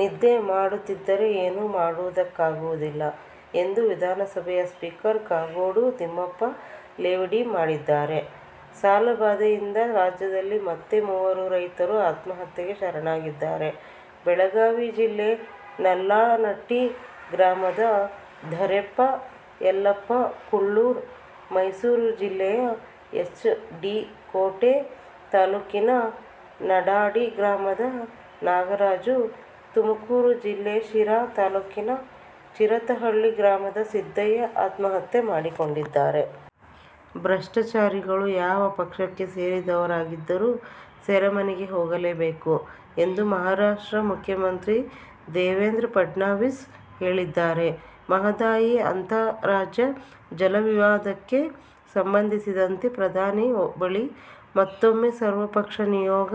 ನಿದ್ದೆ ಮಾಡುತ್ತಿದ್ದರೆ ಏನೂ ಮಾಡುವುದಕ್ಕಾಗುವುದಿಲ್ಲ ಎಂದು ವಿಧಾನಸಭೆಯ ಸ್ಪೀಕರ್ ಕಾಗೋಡು ತಿಮ್ಮಪ್ಪ ಲೇವಡಿ ಮಾಡಿದ್ದಾರೆ. ಸಾಲಬಾಧೆಯಿಂದ ರಾಜ್ಯದಲ್ಲಿ ಮತ್ತೆ ಮೂವರು ರೈತರು ಆತ್ಮಹತ್ಯೆಗೆ ಶರಣಾಗಿದ್ದಾರೆ. ಬೆಳಗಾವಿ ಜಿಲ್ಲೆ ನಲ್ಲಾನಟ್ಟಿ ಗ್ರಾಮದ ಧರೆಪ್ಪ ಯಲ್ಲಪ್ಪ ಕುಳ್ಳೂರು, ಮೈಸೂರು ಜಿಲ್ಲೆಯ ಎಚ್. ಡಿ. ಕೋಟೆ ತಾಲೂಕಿನ ನಡಾಡಿ ಗ್ರಾಮದ ನಾಗರಾಜು, ತುಮಕೂರು ಜಿಲ್ಲೆ ಶಿರಾ ತಾಲೂಕಿನ ಚಿರತಹಳ್ಳಿ ಗ್ರಾಮದ ಸಿದ್ದಯ್ಯ ಆತ್ಮಹತ್ಯೆ ಮಾಡಿಕೊಂಡಿದ್ದಾರೆ. ಭ್ರಷ್ಟಾಚಾರಿಗಳು ಯಾವ ಪಕ್ಷಕ್ಕೆ ಸೇರಿದವರಾಗಿದ್ದರೂ ಸೆರೆಮನೆಗೆ ಹೋಗಲೇಬೇಕು ಎಂದು ಮಹಾರಾಷ್ಟ್ರ ಮುಖ್ಯಮಂತ್ರಿ ದೇವೇಂದ್ರ ಫಡ್ನವೀಸ್ ಹೇಳಿದ್ದಾರೆ. ಮಹದಾಯಿ ಅಂತಾರಾಜ್ಯ ಜಲ ವಿವಾದಕ್ಕೆ ಸಂಬಂಧಿಸಿದಂತೆ ಪ್ರಧಾನಿ ಬಳಿ ಮತ್ತೂಮ್ಮೆ ಸರ್ವಪಕ್ಷ ನಿಯೋಗ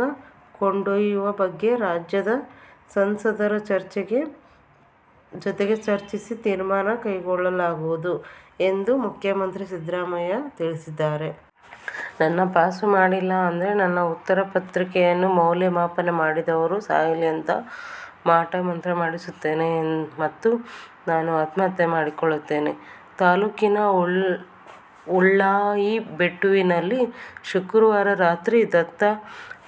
ಕೊಂಡೊಯ್ಯುವ ಬಗ್ಗೆ ರಾಜ್ಯದ ಸಂಸದರ ಜತೆಗೆ ಚರ್ಚಿಸಿ, ತೀರ್ಮಾನ ಕೈಗೊಳ್ಳಲಾಗುವುದು ಎಂದು ಮುಖ್ಯಮಂತ್ರಿ ಸಿದ್ದರಾಮಯ್ಯತಿಳಿಸಿದ್ದಾರೆ. "ನನ್ನ ಪಾಸು ಮಾಡಲಿಲ್ಲ ಅಂದ್ರೆ, ನನ್ನ ಉತ್ತರ ಪತ್ರಿಕೆಯನ್ನು ಮೌಲ್ಯಮಾಪನ ಮಾಡಿದವರು ಸಾಯಲಿ ಅಂತ ಮಾಟ ಮಂತ್ರ ಮಾಡಿಸುತ್ತೇನೆ ಮತ್ತು ನಾನೂ ಆತ್ಮಹತ್ಯೆ ಮಾಡಿಕೊಳ್ಳುತ್ತೇನೆ'। ತಾಲೂಕಿನ ಉಳಾಯಿಬೆಟ್ಟುವಿನಲ್ಲಿ ಶುಕ್ರವಾರ ರಾತ್ರಿ ದತ್ತ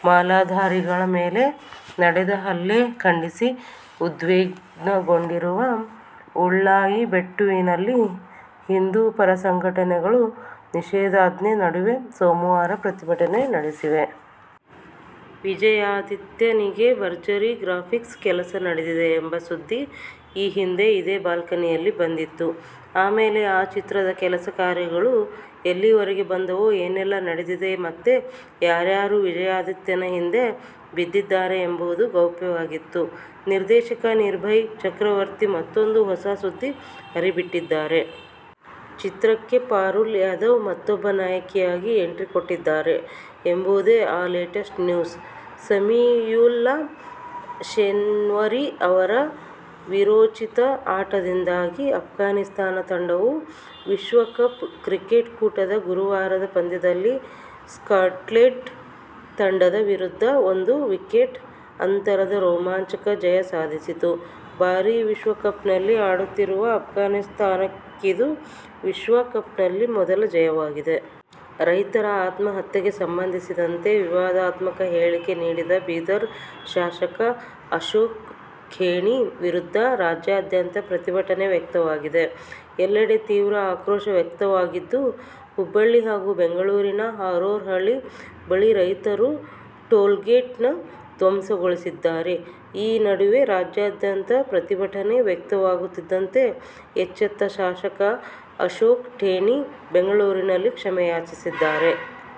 ಮಾಲಾಧಾರಿಗಳ ಮೇಲೆ ನಡೆದ ಹಲ್ಲೆ ಖಂಡಿಸಿ ಉದ್ವಿಗ್ನಗೊಂಡಿರುವ ಉಳಾಯಿಬೆಟ್ಟುವಿನಲ್ಲಿ ಹಿಂದುಪರ ಸಂಘಟನೆಗಳು ನಿಷೇಧಾಜ್ಞೆ ನಡುವೆಯೇ ಸೋಮವಾರ ಪ್ರತಿಭಟನೆ ನಡೆಸಿವೆ. "ವಿಜಯಾಧಿತ್ಯ' ನಿಗೆ ಭರ್ಜರಿ ಗ್ರಾಫಿಕ್ಸ್ ಕೆಲಸ ನಡೆದಿದೆ ಎಂಬ ಸುದ್ದಿ ಈ ಹಿಂದೆ ಇದೇ ಬಾಲ್ಕನಿಯಲ್ಲಿ ಬಂದಿತ್ತು. ಆಮೇಲೆ ಆ ಚಿತ್ರದ ಕೆಲಸ ಕಾರ್ಯಗಳು ಎಲ್ಲಿವರೆಗೆ ಬಂದವು, ಏನೆಲ್ಲಾ ನಡೆದಿದೆ ಮತ್ತೆ ಯಾರ್ಯಾರು "ವಿಜಯಾಧಿತ್ಯ'ನ ಹಿಂದೆ ಬಿದ್ದಿದ್ದಾರೆ ಎಂಬುದು ಗೌಪ್ಯವಾಗಿತ್ತು. ನಿರ್ದೇಶಕ ನಿರ್ಭಯ್ ಚಕ್ರವರ್ತಿ ಮತ್ತೂಂದು ಹೊಸ ಸುದ್ದಿ ಹರಿಬಿಟ್ಟಿದ್ದಾರೆ. ಚಿತ್ರಕ್ಕೆ ಪಾರುಲ್ ಯಾದವ್ ಮತ್ತೂಬ್ಬ ನಾಯಕಿಯಾಗಿ ಎಂಟ್ರಿಕೊಡುತ್ತಿದ್ದಾರೆ ಎಂಬುದೇ ಆ ಲೇಟೆಸ್ಟ್ ನ್ಯೂಸು. ಸಮಿಯುಲ್ಲ ಶೆನ್ವರಿ ಅವರ ವೀರೋಚಿತ ಆಟದಿಂದಾಗಿ ಅಫ್ಘಾನಿಸ್ಥಾನ ತಂಡವು ವಿಶ್ವ ಕಪ್ ಕ್ರಿಕೆಟ್ ಕೂಟದ ಗುರುವಾರದ ಪಂದ್ಯದಲ್ಲಿ ಸ್ಕಾಟ್ಲೆಂಡ್ ತಂಡದ ವಿರುದ್ಧ ಒಂದು ವಿಕೆಟ್ ಅಂತರದ ರೋಮಾಂಚಕ ಜಯ ಸಾಧಿಸಿತು. ಬಾರಿ ವಿಶ್ವ ಕಪ್ನಲ್ಲಿ ಆಡುತ್ತಿರುವ ಅಫ್ಘಾನಿಸ್ಥಾನಕ್ಕಿದು ವಿಶ್ವ ಕಪ್ನಲ್ಲಿ ಮೊದಲ ಜಯವಾಗಿದೆ. ರೈತರ ಆತ್ಮಹತ್ಯೆಗೆ ಸಂಬಂಧಿಸಿದಂತೆ ವಿವಾದಾತ್ಮಕ ಹೇಳಿಕೆ ನೀಡಿದ ಬೀದರ ಶಾಸಕ ಅಶೋಕ ಖೇಣಿ ವಿರುದ್ಧ ರಾಜ್ಯಾದ್ಯಂತ ಪ್ರತಿಭಟನೆ ವ್ಯಕ್ತವಾಗಿದೆ. ಎಲ್ಲೆಡೆ ತೀವ್ರ ಆಕ್ರೋಶ ವ್ಯಕ್ತವಾಗಿದ್ದು, ಹುಬ್ಬಳ್ಳಿ ಹಾಗೂ ಬೆಂಗಳೂರಿನ ಹಾರೋಹಳ್ಳಿ ಬಳಿ ರೈತರು ಟೋಲ್ಗೇಟ್ನ್ನು ಧ್ವಂಸಗೊಳಿಸಿದ್ದಾರೆ. ಈ ನಡುವೆ ರಾಜ್ಯಾದ್ಯಂತ ಪ್ರತಿಭಟನೆ ವ್ಯಕ್ತವಾಗುತ್ತಿದ್ದಂತೆ ಎಚ್ಚೆತ್ತ ಶಾಸಕ ಅಶೋಕ ಖೇಣಿ ಬೆಂಗಳೂರಲ್ಲಿ ಕ್ಷಮೆಯಾಚಿಸಿದ್ದಾರೆ.